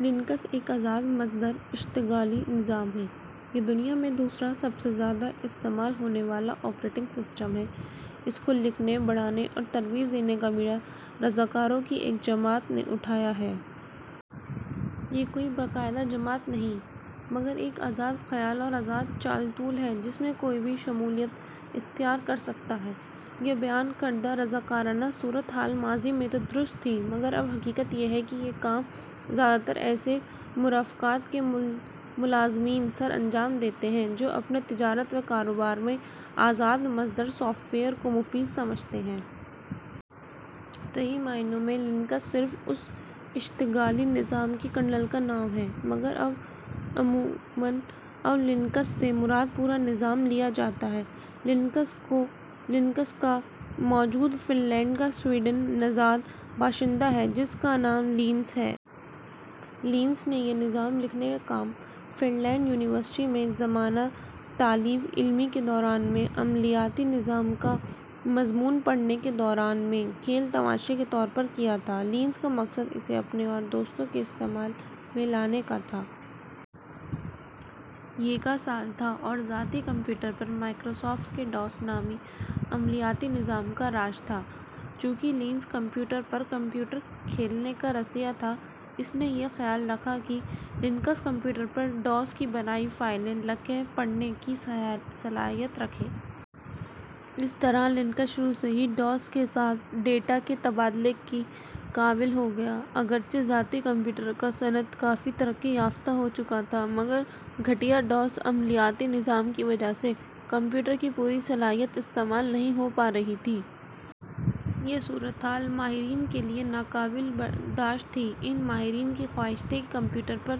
Linux ایک آزاد مصدر اشتغالی نظام ہے۔ یہ دُنیا میں دوسرا سب سے زیادہ استعمال ہونے والا آپریٹنگ سسٹم ہے۔ اس کو لکھنے، بڑھانے اور ترویج دینے کا بیڑا رضاکاروں کی ایک جماعت نے اٹھایا ہوا ہے۔ یہ کوئی باقاعدہ جماعت نہیں مگر ایک آزاد خیال اور آزاد چال ٹولہ ہے جس میں کوئی بھی شمولیت اختیار کر سکتا ہے۔ یہ بیان کردہ رضاکارانہ صورتِ حال ماضی میں تو درست تھی مگر اب حقیقت یہ ہے کہ یہ کام زیادہ تر ایسے مرافقات کے ملازمین سر انجام دیتے ہیں جو اپنے تجارت و کاروبار میں آزاد مصدر سافٹ ویئر کو مفید سمجھتے ہیں۔ صحیح معنوں میں لینکس صرف اُس اشتغالی نظام کے عجمہ کا نام ہے۔ مگر عموماً اب "لینکس" سے مراد پورا نظام لیا جاتا ہے۔ لینکس کا موجد فنلینڈ کا سویڈن نژاد باشندہ ہے، جس کا نام لینس ہے۔ لینس نے یہ نظام لکھنے کا کام فنلینڈ یونیوسٹی میں زمانہ طالب علمی کے دوران میں عملیاتی نظام کا مضمون پڑھنے کے دوران میں کھیل تماشے کے طور پر کیا تھا۔ لینس کا مقصد اسے اپنے اور دوستوں کے استعمال میں لانے کا تھا۔ یہ کا سال تھا اور ذاتی کمپیوٹر پر مائکروسافٹ کے ڈاس نامی عملیاتی نظام کا راج تھا۔ چونکہ لینس کمپوٹر پر کمپیوٹر کھیل کھیلنے کا رسیا تھا اس نے یہ خیال رکھا کہ لینکس کمپیوٹر پر "ڈاس" کی بنائی فائلیں لکھ پڑھ کی صلاحیت رکھے۔ اس طرح لینکس شروع سے ہی "ڈاس" کے ساتھ ڈیٹا کے تبادلہ کی اہل ہو گیا۔ اگرچہ ذاتی کمپیوٹر کا مصنع کثیف بہت طاقتور ہو چکا تھا مگر گھٹیا "ڈاس" عملیاتی نظام کی وجہ سے کمپیوٹر کی پوری صلاحیت استعمال نہیں ہو پا رہی تھی۔ یہ صورت حال ماہرین کے لیے ناقابل برداشت تھی۔ ان ماہرین کی خواہش تھی کہ کمپوٹر پر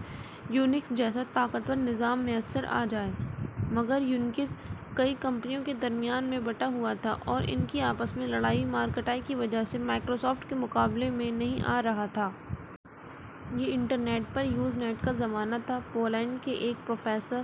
یونکس جیسا طاقتور نظام میسر آ جائے۔ مگر یونکس کئی کمپنیوں کے درمیان میں بٹا ہوا تھا اور ان کی آپس میں لڑائی مار کٹائی کی وجہ سے مائکروسافٹ کے مقابلے میں نہیں آ رہا تھا۔ یہ انٹرنیٹ پر یوزنیٹ کا زمانہ تھا۔ ہالینڈ کے ایک پروفیسر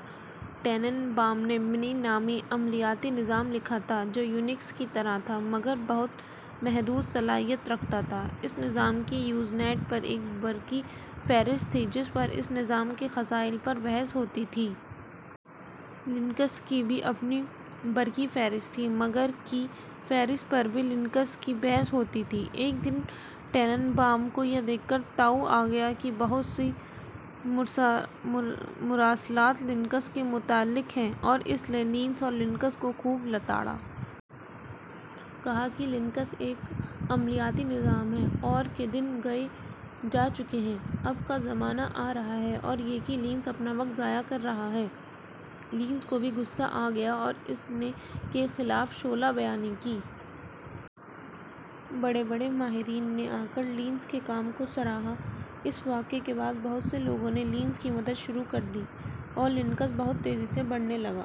ٹیننبام نے نامی عملیاتی نظام لکھا تھا جو یونکس کی طرح تھا مگر بہت محدود اہلیت رکھتا تھا۔ اس نظام کی یوزنیٹ پر ایک برقی فہرست تھی جس پر اس نظام کے خصائل پر بحث ہوتی تھی۔ لینکس کی بھی اپنی برقی فہرست تھی مگر کی فہرست پر بھی لینکس کی بحث ہوتی تھی۔ ایک دن ٹیننبام کو یہ دیکھ کر تاؤ آ گیا کہ بہت سے مراسلات لینکس کے متعلق ہیں اور اس نے لینس اور لینکس کو خوب لتاڑا۔ کہا کہ لینکس ایک عملیاتی نظام ہے اور کے دن گنے جا چکے ہیں۔ اب کا زمانہ آ رہا ہے اور یہ کہ لینس اپنا وقت ضائع کر رہا ہے۔ لینس کو بھی غصہ آ گیا اور اس نے کے خلاف شعلہ بیانی کی۔ بڑے بڑے ماہرین نے آ کر لینس کے کام کو سراہا۔ اس واقعہ کے بعد بہت سے لوگوں نے لینس کی مدد شروع کر دی اور لینکس بہت تیزی سے بڑھنے لگا۔